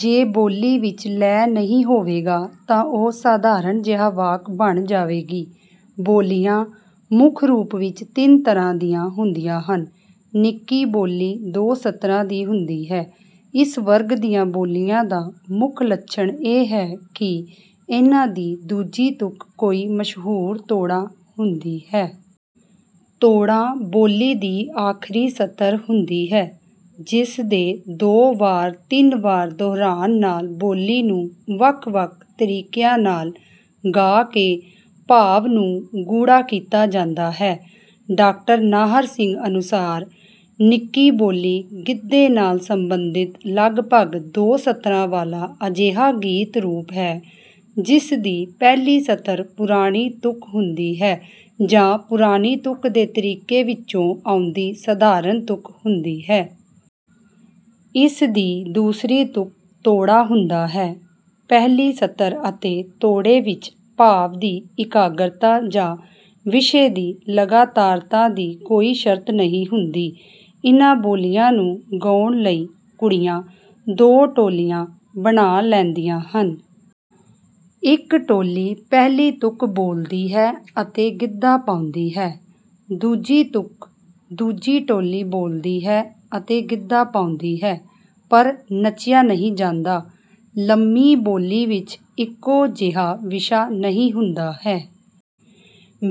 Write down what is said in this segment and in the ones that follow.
ਜੇ ਬੋਲੀ ਵਿੱਚ ਲੈਅ ਨਹੀਂ ਹੋਵੇਗਾ ਤਾਂ ਉਹ ਸਾਧਾਰਨ ਜਿਹਾ ਵਾਕ ਬਣ ਜਾਵੇਗੀ। ਬੋਲੀਆਂ ਮੁੱਖ ਰੂਪ ਵਿੱਚ ਤਿੰਨ ਤਰ੍ਹਾਂ ਦੀਆਂ ਹੁੰਦੀਆਂ ਹਨ। ਨਿੱਕੀ ਬੋਲੀ ਦੋ ਸਤਰਾਂ ਦੀ ਹੁੰਦੀ ਹੈ। ਇਸ ਵਰਗ ਦੀਆਂ ਬੋਲੀਆਂ ਦਾ ਮੁੱਖ ਲੱਛਣ ਇਹ ਹੈ ਕਿ ਇਨ੍ਹਾਂ ਦੀ ਦੂਜੀ ਤੁਕ ਕੋਈ ਮਸ਼ਹੂਰ 'ਤੋੜਾ' ਹੁੰਦੀ ਹੈ। ਤੋੜਾ ਬੋਲੀ ਦੀ ਆਖਰੀ ਸਤਰ ਹੁੰਦੀ ਹੈ। ਜਿਸ ਦੇ ਦੋ ਵਾਰ ਤਿੰਨ ਵਾਰ ਦੁਹਰਾਉਣ ਨਾਲ ਬੋਲੀ ਨੂੰ ਵੱਖ-ਵੱਖ ਤਰੀਕਿਆਂ ਨਾਲ ਗਾ ਕੇ ਭਾਵ ਨੂੰ ਗੂੜ੍ਹਾ ਕੀਤਾ ਜਾਂਦਾ ਹੈ। ਡਾਕਟਰ ਨਾਹਰ ਸਿੰਘ ਅਨੁਸਾਰ, "ਨਿੱਕੀ ਬੋਲੀ ਗਿੱਧੇ ਨਾਲ ਸੰਬੰਧਿਤ ਲਗਭਗ ਦੋ ਸਤਰਾਂ ਵਾਲਾ ਅਜਿਹਾ ਗੀਤ ਰੂਪ ਹੈ, ਜਿਸ ਦੀ ਪਹਿਲੀ ਸਤਰ ਪੁਰਾਣੀ ਤੁਕ ਹੁੰਦੀ ਹੈ ਜਾਂ ਪੁਰਾਣੀ ਤੁਕ ਦੇ ਤਰੀਕੇ ਵਿੱਚੋਂ ਆਉਂਦੀ ਸਾਧਾਰਨ ਤੁਕ ਹੁੰਦੀ ਹੈ। ਇਸ ਦੀ ਦੂਸਰੀ ਤੁਕ ਤੋੜਾ ਹੁੰਦਾ ਹੈ। ਪਹਿਲੀ ਸਤਰ ਅਤੇ ਤੋੜੇ ਵਿੱਚ ਭਾਵ ਦੀ ਇਕਾਗਰਤਾ ਜਾਂ ਵਿਸ਼ੇ ਦੀ ਲਗਾਤਾਰਤਾ ਦੀ ਕੋਈ ਸ਼ਰਤ ਨਹੀਂ ਹੁੰਦੀ।" ਇਨ੍ਹਾਂ ਬੋਲੀਆਂ ਨੂੰ ਗਾਉਣ ਲਈ ਕੁੜੀਆਂ ਦੋ ਟੋਲੀਆਂ ਬਣਾ ਲੈਂਦੀਆਂ ਹਨ। ਇੱਕ ਟੋਲੀ ਪਹਿਲੀ ਤੁਕ ਬੋਲਦੀ ਹੈ ਅਤੇ ਗਿੱਧਾ ਪਾਉਂਦੀ ਹੈ। ਦੂਜੀ ਤੁਕ ਦੂਜੀ ਟੋਲੀ ਬੋਲਦੀ ਹੈ ਅਤੇ ਗਿੱਧਾ ਪਾਉਂਦੀ ਹੈ, ਪਰ ਨੱਚਿਆ ਨਹੀਂ ਜਾਂਦਾ। ਲੰਮੀ ਬੋਲੀ ਵਿੱਚ ਇੱਕੋ ਜਿਹਾ ਵਿਸ਼ਾ ਨਹੀਂ ਹੁੰਦਾ ਹੈ।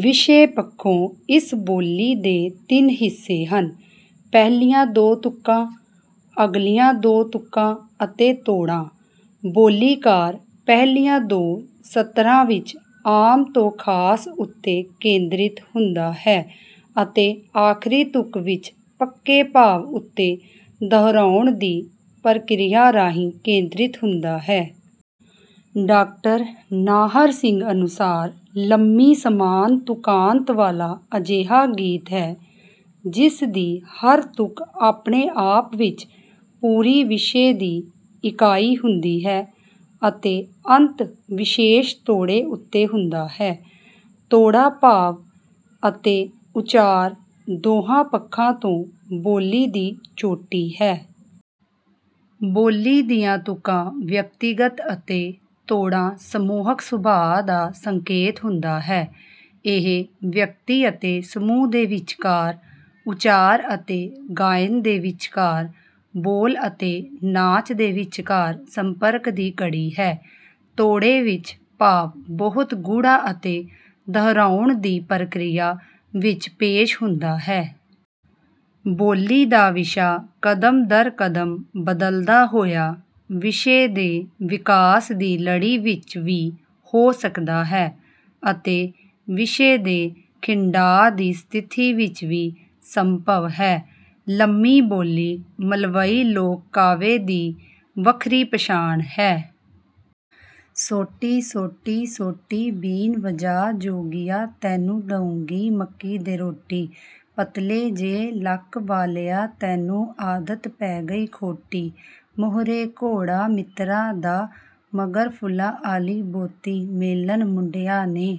ਵਿਸ਼ੇ ਪੱਖੋਂ ਇਸ ਬੋਲੀ ਦੇ ਤਿੰਨ ਹਿੱਸੇ ਹਨ – ਪਹਿਲੀਆਂ ਦੋ ਤੁਕਾਂ, ਅਗਲੀਆਂ ਦੋ ਤੁਕਾਂ ਅਤੇ ਤੋੜਾ। ਬੋਲੀਕਾਰ ਪਹਿਲੀਆਂ ਦੋ ਸਤਰਾਂ ਵਿੱਚ ਆਮ ਤੋਂ ਖਾਸ ਉੱਤੇ ਕੇਂਦਰਿਤ ਹੁੰਦਾ ਹੈ ਅਤੇ ਆਖਰੀ ਤੁਕ ਵਿੱਚ ਪੱਕੇ ਭਾਵ ਉੱਤੇ ਦੁਹਰਾਉਣ ਦੀ ਪ੍ਰਕਿਰਿਆ ਰਾਹੀਂ ਕੇਂਦਰਿਤ ਹੁੰਦਾ ਹੈ। ਡਾਕਟਰ ਨਾਹਰ ਸਿੰਘ ਅਨੁਸਾਰ, "ਲੰਮੀ ਸਮਾਨ ਤੁਕਾਂਤ ਵਾਲਾ ਅਜਿਹਾ ਗੀਤ ਹੈ ਜਿਸ ਦੀ ਹਰ ਤੁਕ ਆਪਣੇ ਆਪ ਵਿੱਚ ਪੂਰੀ ਵਿਸ਼ੇ ਦੀ ਇਕਾਈ ਹੁੰਦੀ ਹੈ ਅਤੇ ਅੰਤ ਵਿਸ਼ੇਸ਼ ਤੋੜੇ ਉੱਤੇ ਹੁੰਦਾ ਹੈ। ਤੋੜਾ ਭਾਵ ਅਤੇ ਉਚਾਰ ਦੋਹਾਂ ਪੱਖਾਂ ਤੋਂ ਬੋਲੀ ਦੀ ਚੋਟੀ ਹੈ। ਬੋਲੀ ਦੀਆਂ ਤੁਕਾਂ ਵਿਅਕਤੀਗਤ ਅਤੇ ਤੋੜਾ ਸਮੂਹਕ ਸੁਭਾਅ ਦਾ ਸੰਕੇਤ ਹੁੰਦਾ ਹੈ। ਇਹ ਵਿਅਕਤੀ ਅਤੇ ਸਮੂਹ ਦੇ ਵਿਚਕਾਰ, ਉਚਾਰ ਅਤੇ ਗਾਇਨ ਦੇ ਵਿਚਕਾਰ, ਬੋਲ ਅਤੇ ਨਾਚ ਦੇ ਵਿਚਕਾਰ ਸੰਪਰਕ ਦੀ ਕੜੀ ਹੈ। ਤੋੜੇ ਵਿੱਚ ਭਾਵ ਬਹੁਤ ਗੂੜ੍ਹਾ ਅਤੇ ਦੁਹਰਾਉਣ ਦੀ ਪ੍ਰਕਿਰਿਆ ਵਿੱਚ ਪੇਸ਼ ਹੁੰਦਾ ਹੈ। ਬੋਲੀ ਦਾ ਵਿਸ਼ਾ ਕਦਮ ਦਰ ਕਦਮ ਬਦਲਦਾ ਹੋਇਆ ਵਿਸ਼ੇ ਦੇ ਵਿਕਾਸ ਦੀ ਲੜੀ ਵਿੱਚ ਵੀ ਹੋ ਸਕਦਾ ਹੈ ਅਤੇ ਵਿਸ਼ੇ ਦੇ ਖਿੰਡਾਅ ਦੀ ਸਥਿਤੀ ਵਿੱਚ ਵੀ ਸੰਭਵ ਹੈ। ਲੰਮੀ ਬੋਲੀ ਮਲਵਈ ਲੋਕ-ਕਾਵਿ ਦੀ ਵੱਖਰੀ ਪਛਾਣ ਹੈ।" ਸੋਟੀ, ਸੋਟੀ, ਸੋਟੀ ਬੀਨ ਵਜਾ ਜੋਗੀਆ ਤੈਨੂੰ ਦੇਊਂਗੀ ਮੱਕੀ ਦੇ ਰੋਟੀ ਪਤਲੇ ਜੇ ਲੱਕ ਵਾਲ਼ਿਆਂ ਤੈਨੂੰ ਆਦਤ ਪੈ ਗਈ ਖੋਟੀ ਮੂਹਰੇ ਘੋੜਾ ਮਿੱਤਰਾਂ ਦਾ, ਮਗਰ ਫੁੱਲਾਂ ਆਲ਼ੀ ਬੋਤੀ ਮੇਲਣ ਮੁੰਡਿਆਂ ਨੇ